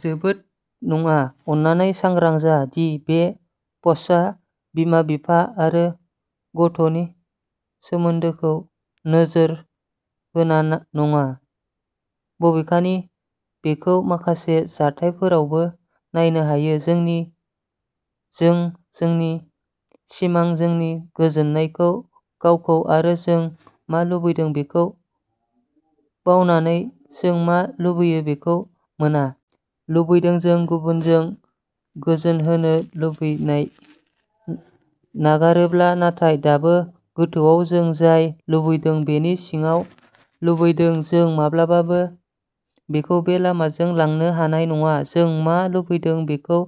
जोबोद नङा अन्नानै सांग्रां जा दि बे पस्टआ बिमा-बिफा आरो गथ'नि सोमोन्दोखौ नोजोर होना नङा। बबेखानि, बेखौ माखासे जाथायफोरावबो नायनो हायो। जोंनि जों जोंनि सिमां, जोंनि गोजोननायखौ, गावखौ आरो जों मा लुबैदों बेखौ बावनानै जों मा लुबैयो बेखौ मोना। लुबैदों! जों गुबुनखौ गोजोनहोनो लुबैनायखौ नागारोब्ला, नाथाय दाबो गोथौआव, जों जाय लुबैदों बेखौ सिङाव लुबैदों जों माब्लाबाबो बेखौ बे लामाजों लांनो हानाय नङा जों मा लुबैदों बेखौ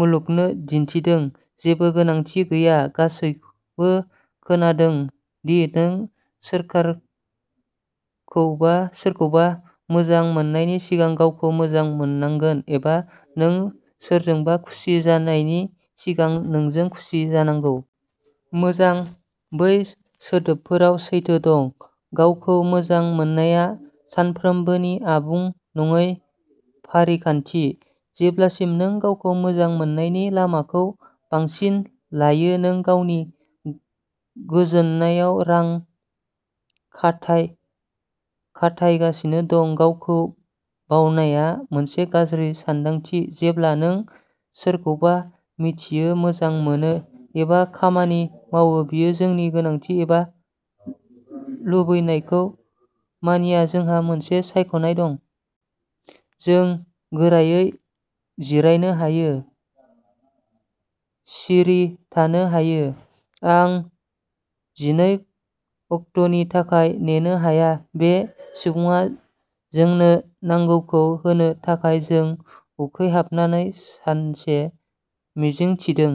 मुलुगनो दिन्थिदों, जेबो गोनांथि गैया। गासैबो खोनादों दि नों सोरखारखौबा सोरखौबा मोजां मोननायनि सिगां गावखौ मोजां मोननांगोन एबा नों सोरजोंबा खुसि जानायनि सिगां नोंजों खुसि जानांगौ मोजां, बै सोदोबफोराव सैथो दं। गावखौ मोजां मोननाया सानफ्रोमबोनि आबुं नङै फारिखान्थि। जेब्लासिम नों गावखौ मोजां मोननायनि लामाखौ बांसिन लायो, नों गावनि गोजोननायाव रां खाथायगासिनो दं। गावखौ बावनाया मोनसे गाज्रि सानदांथि। जेब्ला नों सोरखौबा मिन्थियो, मोजां मोनो एबा खामानि मावो, बियो जोंनि गोनांथि एबा लुबैनायखौ मानिया, जोंहा मोनसे सायख'नाय दं। जों गोरायै जिरायनो हायो, सिरि थानो हायो आं जिनै अक्ट'नि थाखाय नेनो हाया, बे सुबुङा जोंनो नांगौखौ होनो थाखाय जों उखैहाबनानै सानसे मिजिं थिदों।